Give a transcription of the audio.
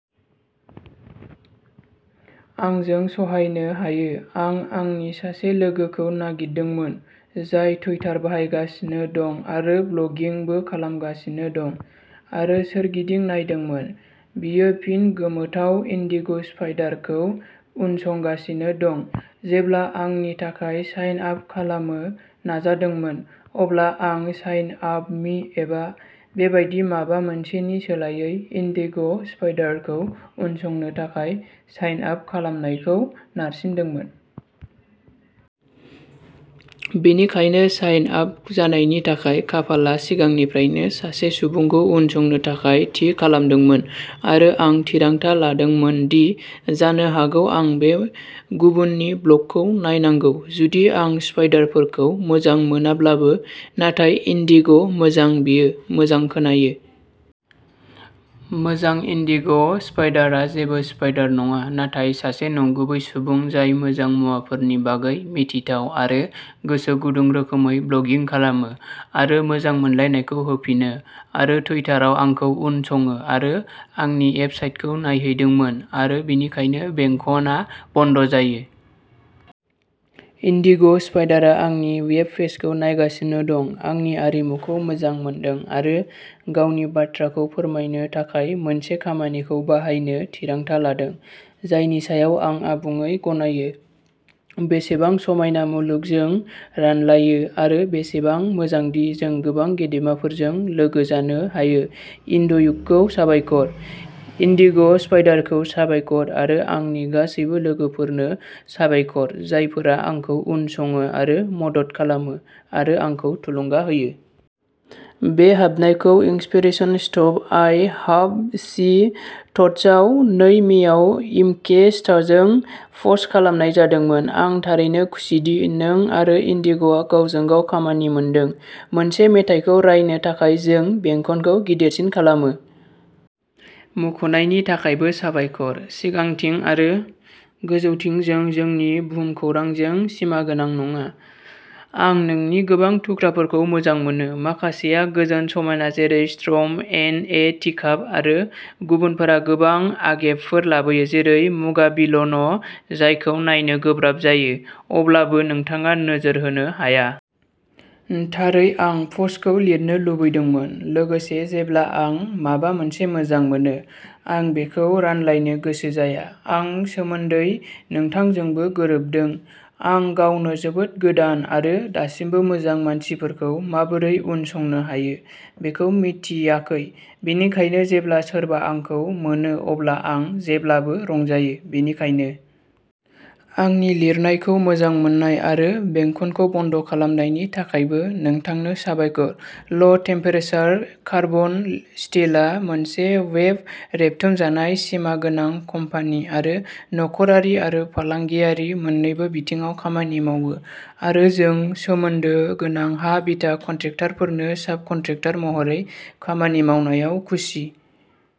आंजों सहायनो हायो, आं आंनि सासे लोगोखौ नागिरदोंमोन, जाय टुइटार बाहायगासिनो दं आरो ब्लगिंबो खालामगासिनो दं आरो सोरगिदिं नायदोंमोन बियो फिन गोमोथाव इन्डिग' स्पाइडारखौ उनसंगासिनो दं। जेब्ला आंनि थाखाय साइन आप खालामो नाजादोंमोन, अब्ला आं "साइन आप मि" एबा बेबादि माबा मोनसेनि सोलायै "इन्डिग'स्पाइडरखौ उनसंनो थाखाय साइन आप खालामनायखौ नारसिनदोंमोन। बेनिखायनो, साइन आप जानायनि थाखाय, खाफालआ सिगांनिफ्रायनो सासे सुबुंखौ उनसंनो थाखाय थि खालामदोंमोन आरो आं थिरांथा लादोंमोन दि जानो हागौ आं बे गुबुननि ब्लगखौ नायनांगौ जुदि आं स्पाइडारफोरखौ मोजां मोनाब्लाबो, नाथाय इन्डिग' मोजां, बेयो मोजां खोनायो। मोजां, इन्डिग'स्पाइडारआ जेबो स्पाइडार नङा, नाथाय सासे नंगुबै सुबुं जाय मोजां मुवाफोरनि बागै मिथिथाव आरो गोसो गुदुं रोखोमै ब्लगिं खालामो आरो मोजां मोनलायनायखौ होफिनो आरो टुइटाराव आंखौ उनसङो आरो आंनि एफसाइटखौ नायहैदोंमोन आरो बेनिखायनो बेंखनआ बन्द' जायो। इन्डिग'स्पाइडारआ आंनि वेफपेजखौ नायगासिनो दं, आंनि आरिमुखौ मोजां मोनदों आरो गावनि बाथ्राखौ फोरमायनो थाखाय मोनसे खामानिखौ बाहायनो थिरांथा लादों, जायनि सायाव आं आबुङै गनायो। बेसेबां समायना मुलुग जों रानलायो आरो बेसेबां मोजांदि जों गोबां गेदेमाफोरजों लोगो जानो हायो, एन्ड्र्युखौ साबायखर, इन्डिग'स्पाइडारखौ साबायखर आरो आंनि गासिबो लोगोफोरनो साबायखर, जायफोरा आंखौ उनसङो आरो मदद खालामो आरो आंखौ थुलुंगा होयो। बे हाबनायखौ inspiration, stuff I have see, थट्सआव नै मेआव इउके रास्टजों पस्ट खालामनाय जादोंमोन। आं थारैनो खुसिदि नों आरो इन्डिग'आ गावजों गाव खामानि मोनदों। मोनसे मेथाइखौ रायनो थाखाय जों बेंखनखौ गिदिरसिन खालामो। मुंख'नायनि थाखायबो साबायखर। सिगांथिं आरो गोजौथिं जों जोंनि भुमखौरांजों सिमागोनां नङा आं नोंनि गोबां थुख्राफोरखौ मोजां मोनो। माखासेया गोजोन, समायना, जेरै "स्ट्रिर्म इन ए टिकाप" आरो गुबुनफोरा गोबां आगेबफोर लाबोयो जेरै "मुगाबिल'न" जायखौ नायनो गोब्राब जायो, अब्लाबो नोंथाङा नोजोर होनो हाया। थारै आं प'स्टखौ लिरनो लुबैदोंमोन। लोगोसे, जेब्ला आं माबा मोनसे मोजां मोनो, आं बेखौ रानलायनो गोसो जाया आं सोमोन्दै नोंथांजोंबो गोरोबदों। आं गावनो जोबोद गोदान आरो दासिमबो मोजां मानसिफोरखौ माबोरै उनसंनो हायो बेखौ मिन्थियाखै, बेनिखायनो जेब्ला सोरबा आंखौ मोनो अब्ला आं जेब्लाबो रंजायो। बेनिखायनो -- आंनि लिरनायखौ मोजां मोन्नाय आरो बेंखनखौ बन्द खालामनायनि थाखायबो नोंथांनो साबायखर। ल ' टेमपेरासार कार्एबन स्टिलआ मोनसे वेट रेबथुमजानाय, सिमा गोनां कम्पानि आरो नखरारि आरो फालांगियारि मोन्नैबो बिथिङाव खामानि मावो आरो जों सोमोन्दो गोनां हा-बिथा कन्ट्रेक्टरफोरनो साबकन्ट्रेक्टर महरै खामानि मावनायाव खुसि।